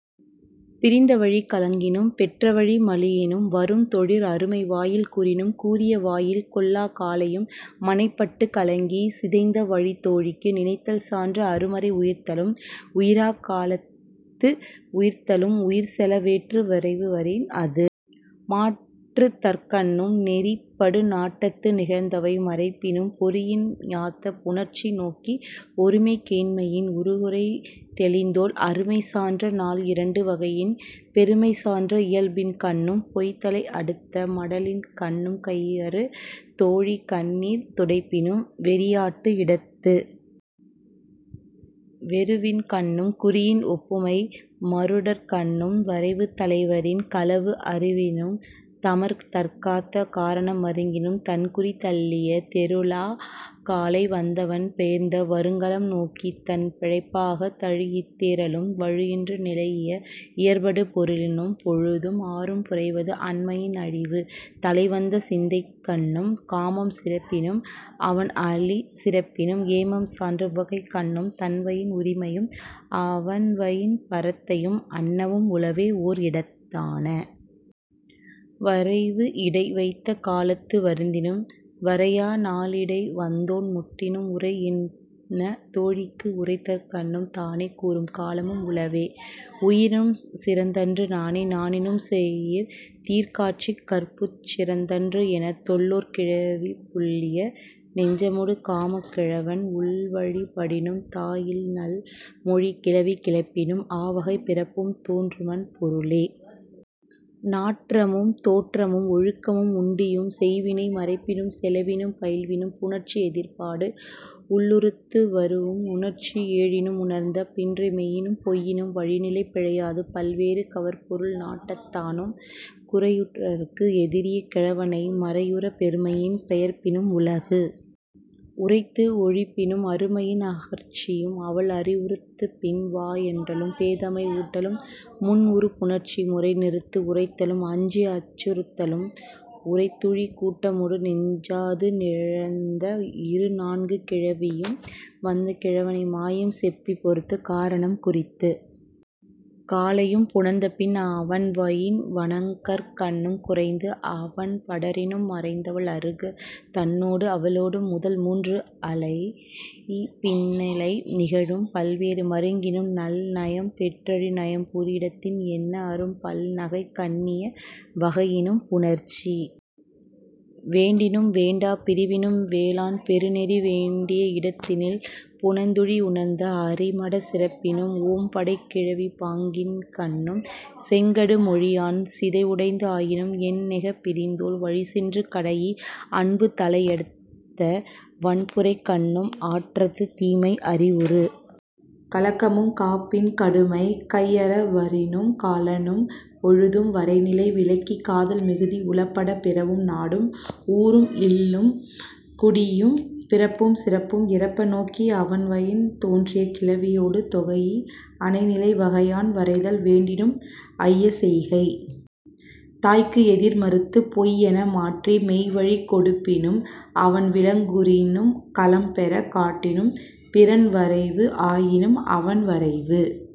பிரிந்தவழிக் கலங்கினும் பெற்றவழி மலியினும் வரும் தொழிற்கு அருமை வாயில் கூறினும் கூறிய வா யில் கொள்ளாக் காலையும் மனைப் பட்டுக் கலங்கிச் சிதைந்தவழித் தோழிக்கு நினைத்தல் சான்ற அரு மறை உயிர்த்தலும் உயிராக் காலத்து உயிர்த்தலும் உயிர் செல வேற்று வரைவு வரின் அது மாற்றுதற்கண்ணும் நெறி படு நாட்டத்து நிகழ்ந்தவை மறைப்பினும் பொறியின் யாத்த புணர்ச்சி நோக்கி ஒருமைக் கேண்மையின் உறு குறை தெளிந்தோள் அருமை சான்ற நால் இரண்டு வகையின் பெருமை சான்ற இயல்பின்கண்ணும் பொய் தலை அடுத்த மடலின்கண்ணும் கையறு தோழி கண்ணீர் துடைப்பினும் வெறியாட்டு இடத்து வெருவின்கண்ணும் குறியின் ஒப்புமை மருடற்கண்ணும் வரைவு தலைவரினும் களவு அறிவுறினும் தமர் தற் காத்த காரண மருங்கினும் தன் குறி தள்ளிய தெருளாக் காலை வந்தவன் பெயர்ந்த வறுங் களம் நோக்கித் தன் பிழைப்பாகத் தழீஇத் தேறலும் வழு இன்று நிலைஇய இயற்படு பொருளினும் பொழுதும் ஆறும் புரைவது அன்மையின் அழிவு தலைவந்த சிந்தைக்கண்ணும் காமம் சிறப்பினும் அவன் அளி சிறப்பினும் ஏமம் சான்ற உவகைக்கண்ணும் தன்வயின் உரிமையும் அவன்வயின் பரத்தையும் அன்னவும் உளவே ஓர் இடத்தான. வரைவு இடை வைத்த காலத்து வருந்தினும் வரையா நாளிடை வந்தோன் முட்டினும் உரை எனத் தோழிக்கு உரைத்தற்கண்ணும் தானே கூறும் காலமும் உளவே. உயிரினும் சிறந்தன்று நாணே நாணினும் செயிர் தீர் காட்சிக் கற்புச் சிறந்தன்று எனத் தொல்லோர் கிளவி புல்லிய நெஞ்சமொடு காமக் கிழவன் உள்வழிப் படினும் தா இல் நல் மொழி கிழவி கிளப்பினும் ஆ வகை பிறவும் தோன்றுமன் பொருளே. நாற்றமும் தோற்றமும் ஒழுக்கமும் உண்டியும் செய் வினை மறைப்பினும் செலவினும் பயில்வினும் புணர்ச்சி எதிர்ப்பாடு உள்ளுறுத்து வரூஉம் உணர்ச்சி ஏழினும் உணர்ந்த பின்றை மெய்யினும் பொய்யினும் வழிநிலை பிழையாது பல் வேறு கவர் பொருள் நாட்டத்தானும் குறையுறற்கு எதிரிய கிழவனை மறையுறப் பெருமையின் பெயர்ப்பினும் உலகு உரைத்து ஒழிப்பினும் அருமையின் அகற்சியும் அவள் அறிவுறுத்துப் பின் வா என்றலும் பேதைமை ஊட்டலும் முன் உறு புணர்ச்சி முறை நிறுத்து உரைத்தலும் அஞ்சி அச்சுறுத்தலும் உரைத்துழிக் கூட்டமொடு எஞ்சாது கிளந்த இரு நான்கு கிளவியும் வந்த கிழவனை மாயம் செப்பிப் பொறுத்த காரணம் குறித்த காலையும் புணர்ந்த பின் அவன்வயின் வணங்கற்கண்ணும் குறைந்து அவட் படரினும் மறைந்தவள் அருக தன்னொடும் அவளொடும் முதல் மூன்று அளைஇ பின்னிலை நிகழும் பல் வேறு மருங்கினும் நல் நயம் பெற்றுழி நயம் புரி இடத்தினும் எண்ண அரும் பல் நகை கண்ணிய வகையினும் புணர்ச்சி வேண்டினும் வேண்டாப் பிரிவினும் வேளாண் பெரு நெறி வேண்டிய இடத்தினும் புணர்ந்துழி உணர்ந்த அறி மடச் சிறப்பினும் ஓம்படைக் கிளவிப் பாங்கின்கண்ணும் செங் கடு மொழியான் சிதைவுடைத்து ஆயினும் என்பு நெகப் பிரிந்தோள் வழிச் சென்று கடைஇ அன்பு தலையடுத்த வன்புறைக்கண்ணும் ஆற்றது தீமை அறிவுறு கலக்கமும் காப்பின் கடுமை கையற வரினும் களனும் பொழுதும் வரை நிலை விலக்கி காதல் மிகுதி உளப்படப் பிறவும் நாடும் ஊரும் இல்லும் குடியும் பிறப்பும் சிறப்பும் இறப்ப நோக்கி அவன்வயின் தோன்றிய கிளவியொடு தொகைஇ அனை நிலை வகையான் வரைதல் வேண்டினும் ஐயச் செய்கை தாய்க்கு எதிர் மறுத்து பொய் என மாற்றி மெய்வழிக் கொடுப்பினும் அவன் விலங்குறினும் களம் பெறக் காட்டினும் பிறன் வரைவு ஆயினும் அவன் வரைவு